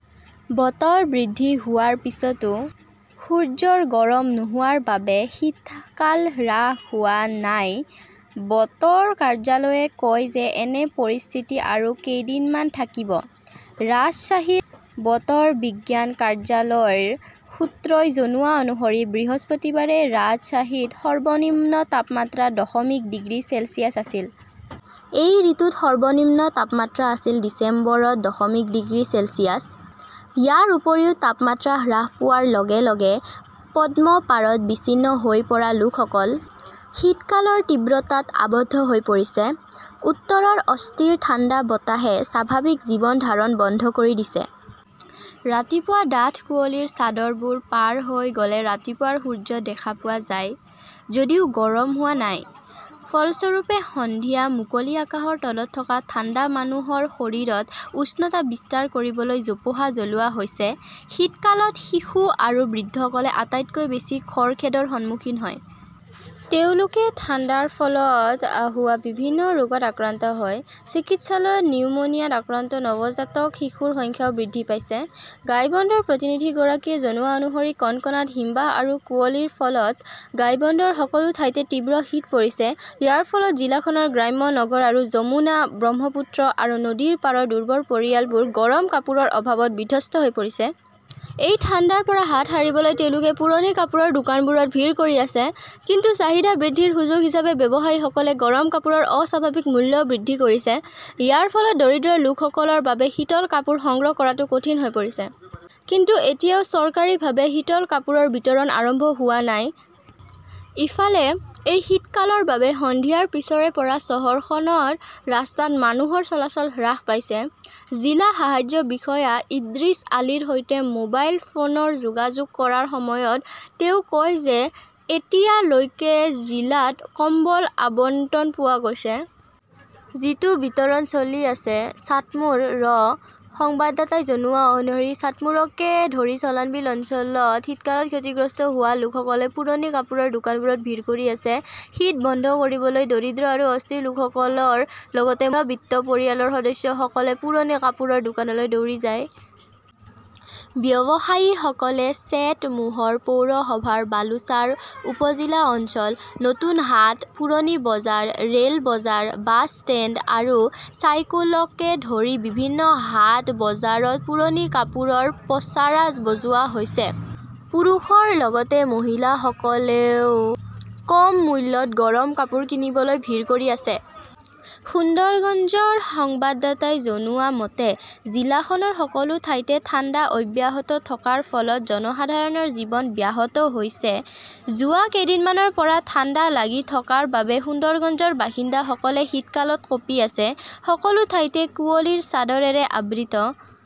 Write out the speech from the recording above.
বতৰ বৃদ্ধি হোৱাৰ পিছতো, সূৰ্যৰ গৰম নোহোৱাৰ বাবে শীতকাল হ্ৰাস হোৱা নাই। বতৰ কাৰ্যালয়ে কয় যে এনে পৰিস্থিতি আৰু কেইদিনমান থাকিব। ৰাজশ্বাহীৰ বতৰ বিজ্ঞান কাৰ্যালয়ৰ সূত্ৰই জনোৱা অনুসৰি বৃহস্পতিবাৰে ৰাজশ্বাহীত সৰ্বনিম্ন তাপমাত্ৰা দশমিক ডিগ্ৰী চেলছিয়াছ আছিল। এই ঋতুত সৰ্বনিম্ন তাপমাত্ৰা আছিল ডিচেম্বৰত দশমিক ডিগ্ৰী চেলছিয়াছ। ইয়াৰ উপৰিও তাপমাত্ৰা হ্ৰাস পোৱাৰ লগে লগে পদ্মপাৰত বিচ্ছিন্ন হৈ পৰা লোকসকল শীতকালৰ তীব্ৰতাত আৱদ্ধ হৈ পৰিছে। উত্তৰৰ অস্থিৰ ঠাণ্ডা বতাহে স্বাভাৱিক জীৱন ধাৰণ বন্ধ কৰি দিছে। ৰাতিপুৱা ডাঠ কুঁৱলীৰ চাদৰবোৰ পাৰ হৈ গ "লে ৰাতিপুৱাৰ সূৰ্য দেখা পোৱা যায় যদিও গৰম হোৱা নাই। ফলস্বৰূপে, সন্ধিয়া মুকলি আকাশৰ তলত থকা ঠাণ্ডা মানুহৰ শৰীৰত উষ্ণতা বিস্তাৰ কৰিবলৈ জোপোহা জ্বলোৱা হৈছে। শীতকালত শিশু আৰু বৃদ্ধসকলে আটাইতকৈ বেছি খৰখেদৰ সন্মুখীন হয়। তেওঁলোকে ঠাণ্ডাৰ ফলত হোৱা বিভিন্ন ৰোগত আক্ৰান্ত হয়। চিকিৎসালয়ত নিউমোনিয়াত আক্ৰান্ত নৱজাতক শিশুৰ সংখ্যাও বৃদ্ধি পাইছে। গাইবন্দৰ প্ৰতিনিধিগৰাকীয়ে জনোৱা অনুসৰি কনকনাত হিমবাহ আৰু কুঁৱলীৰ ফলত গাইবন্দৰ সকলো ঠাইতে তীব্ৰ শীত পৰিছে। ইয়াৰ ফলত জিলাখনৰ গ্ৰাম্য নগৰ আৰু যমুনা, ব্ৰহ্মপুত্ৰ আৰু নদীৰ পাৰৰ দুৰ্বল পৰিয়ালবোৰ গৰম কাপোৰৰ অভাৱত বিধ্বস্ত হৈ পৰিছে। এই ঠাণ্ডাৰ পৰা হাত সাৰিবলৈ তেওঁলোকে পুৰণি কাপোৰৰ দোকানবোৰত ভিৰ কৰি আছে। কিন্তু চাহিদা বৃদ্ধিৰ সুযোগ হিচাপে ব্যৱসায়ীসকলে গৰম কাপোৰৰ অস্বাভাৱিক মূল্যও বৃদ্ধি কৰিছে। ইয়াৰ ফলত দৰিদ্ৰ লোকসকলৰ বাবে শীতল কাপোৰ সংগ্ৰহ কৰাটো কঠিন হৈ পৰিছে। কিন্তু এতিয়াও চৰকাৰীভাৱে শীতল কাপোৰৰ বিতৰণ আৰম্ভ হোৱা নাই। ইফালে, এই শীতকালৰ বাবে সন্ধিয়াৰ পিছৰে পৰা চহৰখনৰ ৰাস্তাত মানুহৰ চলাচল হ্ৰাস পাইছে। জিলা সাহায্য বিষয়া ইদ্ৰিছ আলীৰ সৈতে মোবাইল ফোনত যোগাযোগ কৰাৰ সময়ত তেওঁ কয় যে এতিয়ালৈকে জিলাত কম্বল আবণ্টন পোৱা গৈছে। যিটো বিতৰণ চলি আছে। চাটমোৰ ৰ সংবাদদাতাই জনোৱা অনুসৰি চাটমোৰকে ধৰি চলানবিল অঞ্চলত শীতকালত ক্ষতিগ্ৰস্ত হোৱা লোকসকলে পুৰণি কাপোৰৰ দোকানবোৰত ভিৰ কৰি আছে। শীত বন্ধ কৰিবলৈ দৰিদ্ৰ আৰু অস্থিৰ লোকসকলৰ লগতে মধ্যবিত্ত পৰিয়ালৰ সদস্যসকলে পুৰণি কাপোৰৰ দোকানলৈ দৌৰি যায়। ব্যৱসায়ীসকলে চেটমোহৰ পৌৰসভাৰ বালুচাৰ, উপ-জিলা অঞ্চল, নতুন হাট, পুৰণি বজাৰ, ৰে "ল বজাৰ, বাছ ষ্টেণ্ড আৰু ছাইকোলাকে ধৰি বিভিন্ন হাট বজাৰত পুৰণি কাপোৰৰ পছাৰা সজোৱা হৈছে। পুৰুষৰ লগতে মহিলাসকলেও কম মূল্যত গৰম কাপোৰ কিনিবলৈ ভিৰ কৰি আছে। সুন্দৰগঞ্জ ৰ সংবাদদাতাই জনোৱা মতে, জিলাখনৰ সকলো ঠাইতে ঠাণ্ডা অব্যাহত থকাৰ ফলত জনসাধাৰণৰ জীৱন ব্যাহত হৈছে। যোৱা কেইদিনমানৰ পৰা ঠাণ্ডা লাগি থকাৰ বাবে সুন্দৰগঞ্জৰ বাসিন্দাসকলে শীতকালত কঁপি আছে। সকলো ঠাইতে কুঁৱলীৰ চাদৰেৰে আবৃত